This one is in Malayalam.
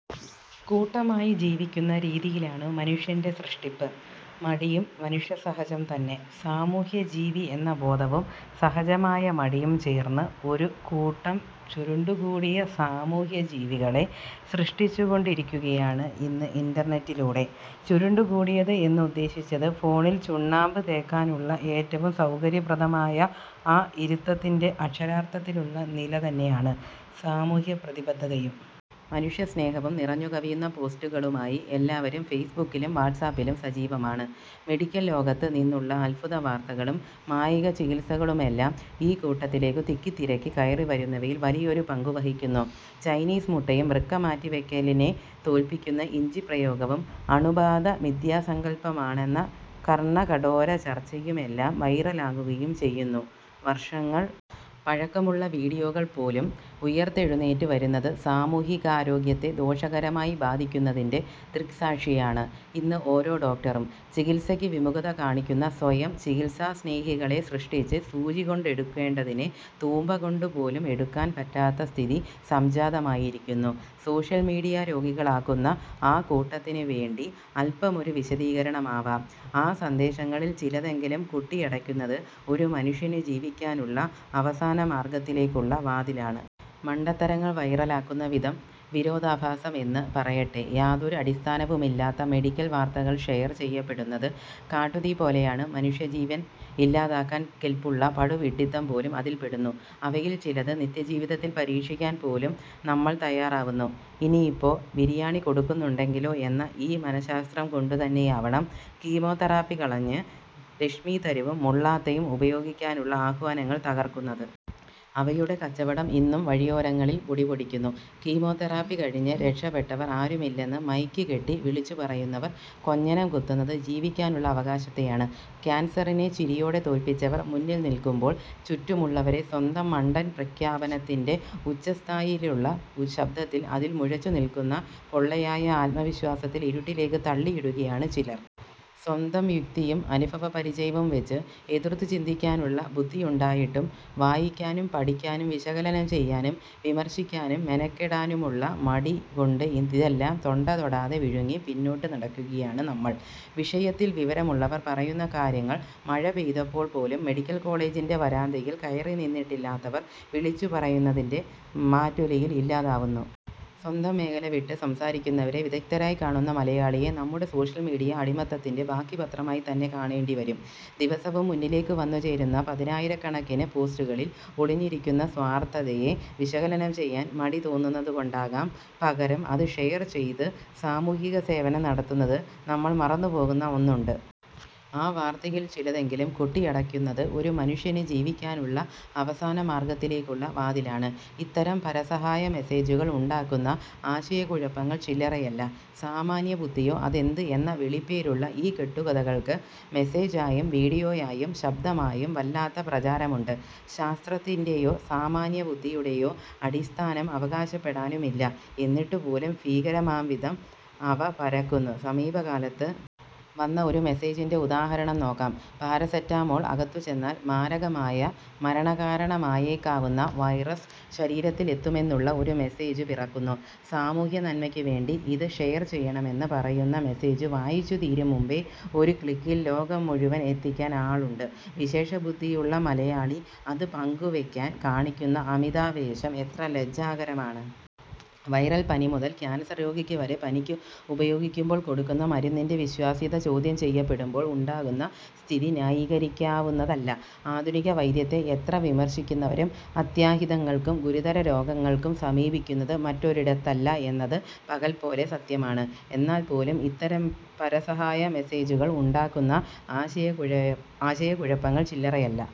കൂട്ടമായി ജീവിക്കുന്ന രീതിയിലാണ് മനുഷ്യന്റെ സൃഷ്ടിപ്പ്. മടിയും മനുഷ്യസഹജം തന്നെ. സാമൂഹ്യജീവി എന്ന ബോധവും സഹജമായ മടിയും ചേർന്ന് ഒരു കൂട്ടം ചുരുണ്ടുകൂടിയ സാമൂഹ്യജീവികളെ സൃഷ്ടിച്ചുകൊണ്ടിരിക്കുകയാണ് ഇന്ന് ഇന്റർനെറ്റിലൂടെ. ചുരുണ്ടുകൂടിയത് എന്ന് ഉദ്ദേശിച്ചത് ഫോണിൽ ചുണ്ണാമ്പ് തേക്കാനുള്ള ഏറ്റവും സൗകര്യപ്രദമായ ആ ഇരുത്തത്തിന്റെ അക്ഷരാർത്ഥത്തിലുള്ള നില തന്നെയാണ്. സാമൂഹ്യപ്രതിബദ്ധതയും മനുഷ്യസ്നേഹവും നിറഞ്ഞുകവിയുന്ന പോസ്റ്റുകളുമായി എല്ലാവരും ഫേസ്ബുക്കിലും വാട്ട്സാപ്പിലും സജീവമാണ്. മെഡിക്കൽ ലോകത്ത് നിന്നുള്ള അദ്ഭുതവാർത്തകളും മായിക ചികിത്സകളുമെല്ലാം ഈ കൂട്ടത്തിലേക്ക് തിക്കിത്തിരക്കി കയറിവരുന്നവയിൽ വലിയൊരു പങ്ക് വഹിക്കുന്നു. ചൈനീസ് മുട്ടയും വൃക്ക മാറ്റിവെക്കലിനെ തോൽപ്പിക്കുന്ന ഇഞ്ചിപ്രയോഗവും അണുബാധ മിഥ്യാസങ്കൽപ്പമാണെന്ന കർണകഠോര ചർച്ചയും എല്ലാം വൈറലാകുകയും ചെയ്യുന്നു. വർഷങ്ങൾ പഴക്കമുള്ള വീഡിയോകൾ പോലും ഉയിർത്തെഴുന്നേറ്റ് വരുന്നത് സാമൂഹികാരോഗ്യത്തെ ദോഷകരമായി ബാധിക്കുന്നതിന്റെ ദൃക്സാക്ഷിയാണ് ഇന്ന് ഓരോ ഡോക്ടറും. ചികിത്സയ്ക്ക് വിമുഖത കാണിക്കുന്ന സ്വയം ചികിത്സാസ്നേഹികളെ സൃഷ്ടിച്ച് സൂചികൊണ്ടെടുക്കേണ്ടതിനെ തൂമ്പകൊണ്ട് പോലും എടുക്കാൻ പറ്റാത്ത സ്ഥിതി സംജാതമായിരിക്കുന്നു. സോഷ്യൽ മീഡിയ രോഗികളാക്കുന്ന ആ കൂട്ടത്തിന് വേണ്ടി അൽപമൊരു വിശദീകരണമാവാം. ആ സന്ദേശങ്ങളിൽ ചിലതെങ്കിലും കൊട്ടിയടക്കുന്നത് ഒരു മനുഷ്യന് ജീവിക്കാനുള്ള അവസാനമാർഗത്തിലേക്കുള്ള വാതിലാണ്. മണ്ടത്തരങ്ങൾ വൈറലാക്കുന്ന വിധം വിരോധാഭാസം എന്ന് പറയട്ടെ. യാതൊരു അടിസ്ഥാനവുമില്ലാത്ത മെഡിക്കൽ വാർത്തകൾ ഷെയർ ചെയ്യപ്പെടുന്നത് കാട്ടുതീ പോലെയാണ്. മനുഷ്യജീവൻ ഇല്ലാതാക്കാൻ കെൽപ്പുള്ള പടുവിഡ്ഢിത്തം പോലും അതിൽപ്പെടുന്നു. അവയിൽ ചിലത് നിത്യജീവിതത്തിൽ പരീക്ഷിക്കാൻ പോലും നമ്മൾ തയ്യാറാവുന്നു. ഇനിയിപ്പോ ബിരിയാണി കൊടുക്കുന്നുണ്ടെങ്കിലോ എന്ന ഈ മനശാസ്ത്രം കൊണ്ടുതന്നെയാവണം കീമോതെറാപ്പി കളഞ്ഞ് ലക്ഷ്മിതരുവും മുള്ളാത്തയും ഉപയോഗിക്കാനുള്ള ആഹ്വാനങ്ങൾ തകർക്കുന്നത്. അവയുടെ കച്ചവടം ഇന്നും വഴിയോരങ്ങളിൽ പൊടിപൊടിക്കുന്നു. കീമോതെറാപ്പി കഴിഞ്ഞ് രക്ഷപ്പെട്ടവർ ആരുമില്ലെന്ന് മൈക്ക് കെട്ടി വിളിച്ചുപറയുന്നവർ കൊഞ്ഞനം കുത്തുന്നത് ജീവിക്കാനുള്ള അവകാശത്തെയാണ്. കാൻസറിനെ ചിരിയോടെ തോൽപ്പിച്ചവർ മുന്നിൽ നിൽക്കുമ്പോൾ ചുറ്റുമുള്ളവരെ സ്വന്തം മണ്ടൻ പ്രഖ്യാപനത്തിന്റെ ഉച്ചസ്ഥായിയിലുള്ള ശബ്ദത്തിൽ അതിൽ മുഴച്ചുനിൽക്കുന്ന പൊള്ളയായ ആത്മവിശ്വാസത്തിൽ ഇരുട്ടിലേക്ക് തള്ളിയിടുകയാണ് ചിലർ. സ്വന്തം യുക്തിയും അനുഭവപരിചയവും വെച്ച് എതിർത്തുചിന്തിക്കാനുള്ള ബുദ്ധിയുണ്ടായിട്ടും വായിക്കാനും പഠിക്കാനും വിശകലനം ചെയ്യാനും വിമർശിക്കാനും മെനക്കെടാനുമുള്ള മടി കൊണ്ട് ഇതെല്ലാം തൊണ്ടതൊടാതെ വിഴുങ്ങി പിന്നോട്ട് നടക്കുകയാണ് നമ്മൾ. വിഷയത്തിൽ വിവരമുള്ളവർ പറയുന്ന കാര്യങ്ങൾ മഴ പെയ്തപ്പോൾ പോലും മെഡിക്കൽ കോളേജിന്റെ വരാന്തയിൽ കയറിനിന്നിട്ടില്ലാത്തവർ വിളിച്ചുപറയുന്നതിന്റെ മാറ്റൊലിയിൽ ഇല്ലാതാവുന്നു. സ്വന്തം മേഖല വിട്ട് സംസാരിക്കുന്നവരെ വിദഗ്ധരായി കാണുന്ന മലയാളിയെ നമ്മുടെ സോഷ്യൽ മീഡിയ അടിമത്തത്തിന്റെ ബാക്കിപത്രമായി തന്നെ കാണേണ്ടിവരും. ദിവസവും മുന്നിലേക്ക് വന്നുചേരുന്ന പതിനായിരക്കണക്കിന് പോസ്റ്റുകളിൽ ഒളിഞ്ഞിരിക്കുന്ന സ്വാർഥതയെ വിശകലനം ചെയ്യാൻ മടി തോന്നുന്നതുകൊണ്ടാകാം പകരം അത് ഷെയർ ചെയ്ത് സാമൂഹികസേവനം നടത്തുന്നത്. നമ്മൾ മറന്നുപോകുന്ന ഒന്നുണ്ട്. ആ വാർത്തയിൽ ചിലതെങ്കിലും കൊട്ടിയടക്കുന്നത് ഒരു മനുഷ്യന് ജീവിക്കാനുള്ള അവസാനമാർഗത്തിലേക്കുള്ള വാതിലാണ്. ഇത്തരം പരസഹായ മെസേജുകൾ ഉണ്ടാക്കുന്ന ആശയക്കുഴപ്പങ്ങൾ ചില്ലറയല്ല. സാമാന്യബുദ്ധിയോ അതെന്ത് എന്ന വിളിപ്പേരുള്ള ഈ കെട്ടുകഥകൾക്ക് മെസേജായും വീഡിയോയായും ശബ്ദമായും വല്ലാത്ത പ്രചാരമുണ്ട്. ശാസ്ത്രത്തിന്റെയോ സാമാന്യബുദ്ധിയുടെയോ അടിസ്ഥാനം അവകാശപ്പെടാനുമില്ല. എന്നിട്ടുപോലും ഭീകരമാംവിധം അവ പരക്കുന്നു. സമീപകാലത്ത് വന്ന ഒരു മെസേജിന്റെ ഉദാഹരണം നോക്കാം. പാരസെറ്റമോൾ അകത്തുചെന്നാൽ മാരകമായ മരണകാരണമായേക്കാവുന്ന വൈറസ് ശരീരത്തിൽ എത്തുമെന്നുമുള്ള ഒരു മെസേജ് പിറക്കുന്നു. സാമൂഹ്യനന്മയ്ക്കുവേണ്ടി ഇത് ഷെയർ ചെയ്യണമെന്ന് പറയുന്ന മെസേജ് വായിച്ചുതീരും മുമ്പേ ഒരു ക്ലിക്കിൽ ലോകം മുഴുവൻ എത്തിക്കാൻ ആളുണ്ട്. വിശേഷബുദ്ധിയുള്ള മലയാളി അത് പങ്കുവെക്കാൻ കാണിക്കുന്ന അമിതാവേശം എത്ര ലജ്ജാകരമാണ്. വൈറൽപ്പനി മുതൽ കാൻസർ രോഗിക്ക് വരെ പനിക്ക് ഉപയോഗിക്കുമ്പോൾ കൊടുക്കുന്ന മരുന്നിന്റെ വിശ്വാസ്യത ചോദ്യം ചെയ്യപ്പെടുമ്പോൾ ഉണ്ടാകുന്ന സ്ഥിതി ന്യായീകരിക്കാവുന്നതല്ല. ആധുനികവൈദ്യത്തെ എത്ര വിമർശിക്കുന്നവരും അത്യാഹിതങ്ങൾക്കും ഗുരുതരരോഗങ്ങൾക്കും സമീപിക്കുന്നത് മറ്റൊരിടത്തല്ല എന്നത് പകൽപോലെ സത്യമാണ്. എന്നാൽപ്പോലും ഇത്തരം പരസഹായ മെസേജുകൾ ഉണ്ടാക്കുന്ന ആശയക്കുഴപ്പങ്ങൾ ചില്ലറയല്ല.